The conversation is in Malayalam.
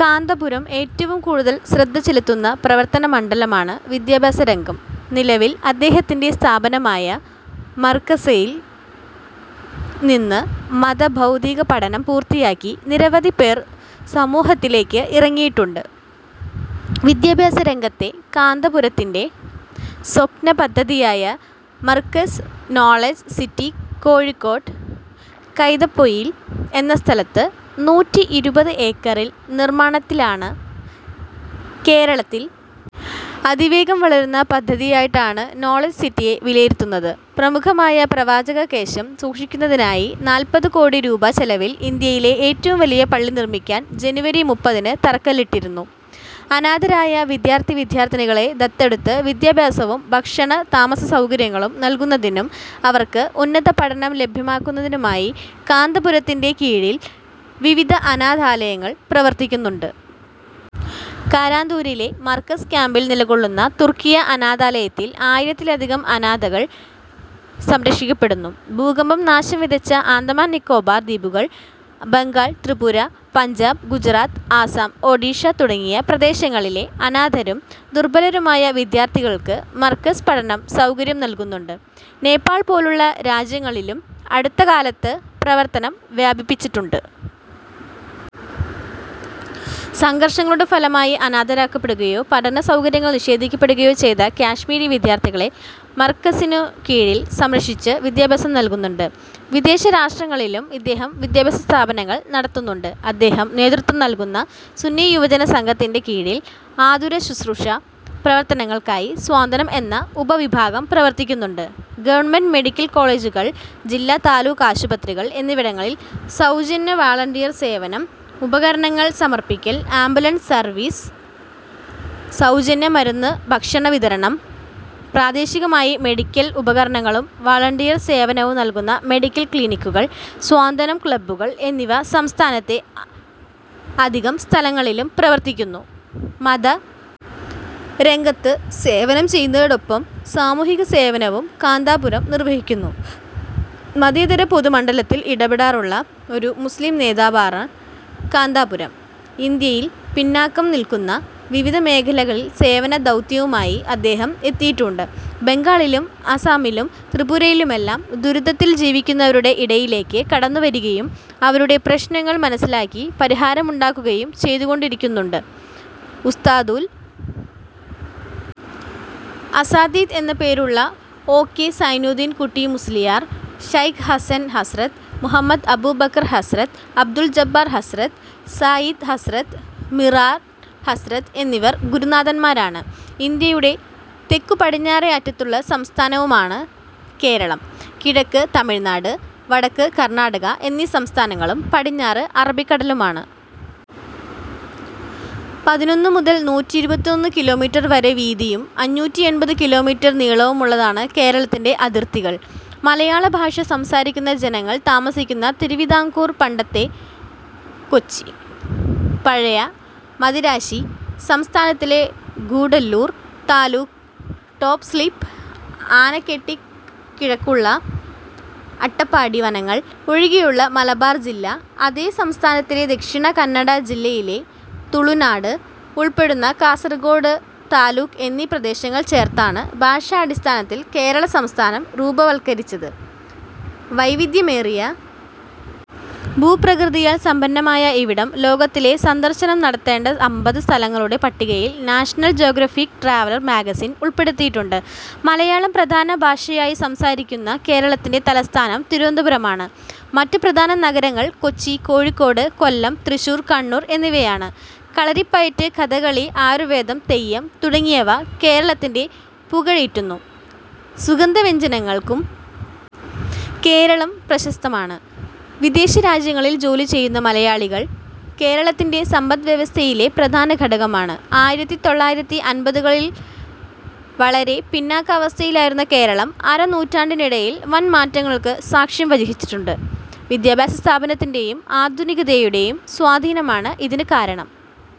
കാന്തപുരം ഏറ്റവും കൂടുതൽ ശ്രദ്ധ ചെലുത്തുന്ന പ്രവർത്തന മണ്ഡലമാണ് വിദ്യാഭ്യാസ രംഗം. നിലവിൽ അദ്ദേഹത്തിൻ്റെ സ്ഥാപനമായ മർകസയിൽ നിന്ന് മത ഭൗതിക പഠനം പൂർത്തിയാക്കി നിരവധി പേർ സമൂഹത്തിലേക്ക് ഇറങ്ങിയിട്ടുണ്ട്. വിദ്യാഭ്യാസ രംഗത്തെ കാന്തപുരത്തിൻ്റെ സ്വപ്ന പദ്ധതിയായ മർകസ് നോളജ് സിറ്റി കോഴിക്കോട് കൈതപ്പൊയിൽ എന്ന സ്ഥലത്ത് നൂറ്റിയിരുപത് ഏക്കറിൽ നിർമ്മാണത്തിലാണ്. കേരളത്തിൽ അതിവേഗം വളരുന്ന പദ്ധതിയായിട്ടാണ് നോളജ് സിറ്റിയെ വിലയിരുത്തുന്നത്. പ്രമുഖമായ പ്രവാചക കേശം സൂക്ഷിക്കുന്നതിനായി നാൽപ്പത് കോടി രൂപ ചെലവിൽ ഇന്ത്യയിലെ ഏറ്റവും വലിയ പള്ളി നിർമ്മിക്കാൻ ജനുവരി മുപ്പതിന് തറക്കല്ലിട്ടിരുന്നു. അനാഥരായ വിദ്യാർഥി വിദ്യാർഥിനികളെ ദത്തെടുത്ത് വിദ്യാഭ്യാസവും ഭക്ഷണ, താമസ സൗകര്യങ്ങളും നൽകുന്നതിനും അവർക്ക് ഉന്നത പഠനം ലഭ്യമാക്കുന്നതിനുമായി കാന്തപുരത്തിൻ്റെ കീഴിൽ വിവിധ അനാഥാലയങ്ങൾ പ്രവർത്തിക്കുന്നുണ്ട്. കാരാന്തൂരിലെ മർകസ് ക്യാമ്പിൽ നിലകൊള്ളുന്ന തുർക്കിയ്യ അനാഥാലയത്തിൽ ആയിരത്തിലധികം അനാഥകൾ സംരക്ഷിക്കപ്പെടുന്നു. ഭൂകമ്പം നാശം വിതച്ച ആന്തമാൻ നിക്കോബാർ ദ്വീപുകൾ, ബംഗാൾ, ത്രിപുര, പഞ്ചാബ്, ഗുജറാത്ത്, ആസാം, ഓഡീഷ തുടങ്ങിയ പ്രദേശങ്ങളിലെ അനാഥരും ദുർബലരുമായ വിദ്യാർഥികൾക്ക് മർകസ് പഠനം സൗകര്യം നൽകുന്നുണ്ട്. നേപ്പാൾ പോലുള്ള രാജ്യങ്ങളിലും അടുത്തകാലത്ത് പ്രവർത്തനം വ്യാപിപ്പിച്ചിട്ടുണ്ട്. സംഘർഷങ്ങളുടെ ഫലമായി അനാഥരാക്കപ്പെടുകയോ പഠന സൗകര്യങ്ങൾ നിഷേധിക്കപ്പെടുകയോ ചെയ്ത കാശ്മീരി വിദ്യാർഥികളെ മർകസിനു കീഴിൽ സംരക്ഷിച്ച് വിദ്യാഭ്യാസം നൽകുന്നുണ്ട്. വിദേശ രാഷ്ട്രങ്ങളിലും ഇദ്ദേഹം വിദ്യാഭ്യാസ സ്ഥാപനങ്ങൾ നടത്തുന്നുണ്ട്. അദ്ദേഹം നേതൃത്വം നൽകുന്ന സുന്നി യുവജന സംഘത്തിൻ്റെ കീഴിൽ ആതുരശുശ്രൂഷ പ്രവർത്തനങ്ങൾക്കായി സാന്ത്വനം എന്ന ഉപവിഭാഗം പ്രവർത്തിക്കുന്നുണ്ട്. ഗവൺമെന്റ് മെഡിക്കൽ കോളേജുകൾ, ജില്ലാ താലൂക്ക് ആശുപത്രികൾ എന്നിവിടങ്ങളിൽ സൗജന്യ വാളണ്ടിയർ സേവനം, ഉപകരണങ്ങൾ സമർപ്പിക്കൽ, ആംബുലൻസ് സർവീസ്, സൗജന്യ മരുന്ന് ഭക്ഷണ വിതരണം, പ്രാദേശികമായി മെഡിക്കൽ ഉപകരണങ്ങളും വളണ്ടിയർ സേവനവും നൽകുന്ന മെഡിക്കൽ ക്ലിനിക്കുകൾ, സ്വാന്തനം ക്ലബ്ബുകൾ എന്നിവ സംസ്ഥാനത്തെ അധികം സ്ഥലങ്ങളിലും പ്രവർത്തിക്കുന്നു. മത രംഗത്ത് സേവനം ചെയ്യുന്നതിനോടൊപ്പം സാമൂഹിക സേവനവും കാന്താപുരം നിർവഹിക്കുന്നു. മതേതര പൊതുമണ്ഡലത്തിൽ ഇടപെടാറുള്ള ഒരു മുസ്ലിം നേതാവാണ് കാന്താപുരം. ഇന്ത്യയിൽ പിന്നാക്കം നിൽക്കുന്ന വിവിധ മേഖലകളിൽ സേവന ദൗത്യവുമായി അദ്ദേഹം എത്തിയിട്ടുണ്ട്. ബംഗാളിലും ആസമിലും ത്രിപുരയിലുമെല്ലാം ദുരിതത്തിൽ ജീവിക്കുന്നവരുടെ ഇടയിലേക്ക് കടന്നുവരികയും അവരുടെ പ്രശ്നങ്ങൾ മനസ്സിലാക്കി പരിഹാരമുണ്ടാക്കുകയും ചെയ്തുകൊണ്ടിരിക്കുന്നുണ്ട്. ഉസ്താദുൽ അസാതീദ് എന്ന പ്പേരുള്ള ഒ. കെ. സൈനുദ്ധീൻ കുട്ടി മുസ്ലിയാർ, ശൈഖ് ഹസൻ ഹസ്റത്ത്, മുഹമ്മദ് അബൂബക്കർ ഹസ്റത്ത്, അബ്ദുൽ ജബ്ബാർ ഹസ്റത്ത്, സാഈദ് ഹസ്റത്ത്, മീറാർ ഹസ്റത്ത് എന്നിവർ ഗുരുനാഥന്മാരാണ്. ഇന്ത്യയുടെ തെക്കുപടിഞ്ഞാറെ അറ്റത്തുള്ള സംസ്ഥാനവുമാണ് കേരളം. കിഴക്ക് തമിഴ്നാട്, വടക്ക് കർണാടക എന്നീ സംസ്ഥാനങ്ങളും പടിഞ്ഞാറ് അറബിക്കടലുമാണ്. പതിനൊന്ന് മുതൽ നൂറ്റിയിരുപത്തിയൊന്ന് കിലോമീറ്റർ വരെ വീതിയും അഞ്ഞൂറ്റി എൺപത് കിലോമീറ്റർ നീളവുമുള്ളതാണ് കേരളത്തിൻ്റെ അതിർത്തികൾ. മലയാള ഭാഷ സംസാരിക്കുന്ന ജനങ്ങൾ താമസിക്കുന്ന തിരുവിതാംകൂർ, പണ്ടത്തെ കൊച്ചി, പഴയ മദിരാശി സംസ്ഥാനത്തിലെ ഗൂഡല്ലൂർ താലൂക്ക്, ടോപ് സ്ലിപ്പ്, ആനക്കെട്ടിക്ക് കിഴക്കുള്ള അട്ടപ്പാടി വനങ്ങൾ ഒഴികെയുള്ള മലബാർ ജില്ല, അതേ സംസ്ഥാനത്തിലെ ദക്ഷിണ കന്നഡ ജില്ലയിലെ തുളുനാട് ഉൾപ്പെടുന്ന കാസർഗോഡ് താലൂക്ക് എന്നീ പ്രദേശങ്ങൾ ചേർത്താണ് ഭാഷാടിസ്ഥാനത്തിൽ കേരള സംസ്ഥാനം രൂപവൽകരിച്ചത്. വൈവിധ്യമേറിയ ഭൂപ്രകൃതിയാൽ സമ്പന്നമായ ഇവിടം ലോകത്തിലെ സന്ദർശനം നടത്തേണ്ട അമ്പത് സ്ഥലങ്ങളുടെ പട്ടികയിൽ നാഷണൽ ജോഗ്രാഫിക് ട്രാവലർ മാഗസിൻ ഉൾപ്പെടുത്തിയിട്ടുണ്ട്. മലയാളം പ്രധാന ഭാഷയായി സംസാരിക്കുന്ന കേരളത്തിൻ്റെ തലസ്ഥാനം തിരുവനന്തപുരമാണ്. മറ്റു പ്രധാന നഗരങ്ങൾ കൊച്ചി, കോഴിക്കോട്, കൊല്ലം, തൃശ്ശൂർ, കണ്ണൂർ എന്നിവയാണ്. കളരിപ്പയറ്റ്, കഥകളി, ആയുർവേദം, തെയ്യം തുടങ്ങിയവ കേരളത്തിൻ്റെ പുകഴേറ്റുന്നു. സുഗന്ധവ്യഞ്ജനങ്ങൾക്കും കേരളം പ്രശസ്തമാണ്. വിദേശരാജ്യങ്ങളിൽ ജോലി ചെയ്യുന്ന മലയാളികൾ കേരളത്തിൻ്റെ സമ്പദ്‌വ്യവസ്ഥയിലെ പ്രധാന ഘടകമാണ്. ആയിരത്തി തൊള്ളായിരത്തി അൻപതുകളിൽ വളരെ പിന്നാക്കാവസ്ഥയിലായിരുന്ന കേരളം അരനൂറ്റാണ്ടിനിടയിൽ വൻ മാറ്റങ്ങൾക്ക് സാക്ഷ്യം വഹിഹിച്ചിട്ടുണ്ട്. വിദ്യാഭ്യാസസ്ഥാപനത്തിൻ്റെയും ആധുനികതയുടെയും സ്വാധീനമാണ് ഇതിന് കാരണം.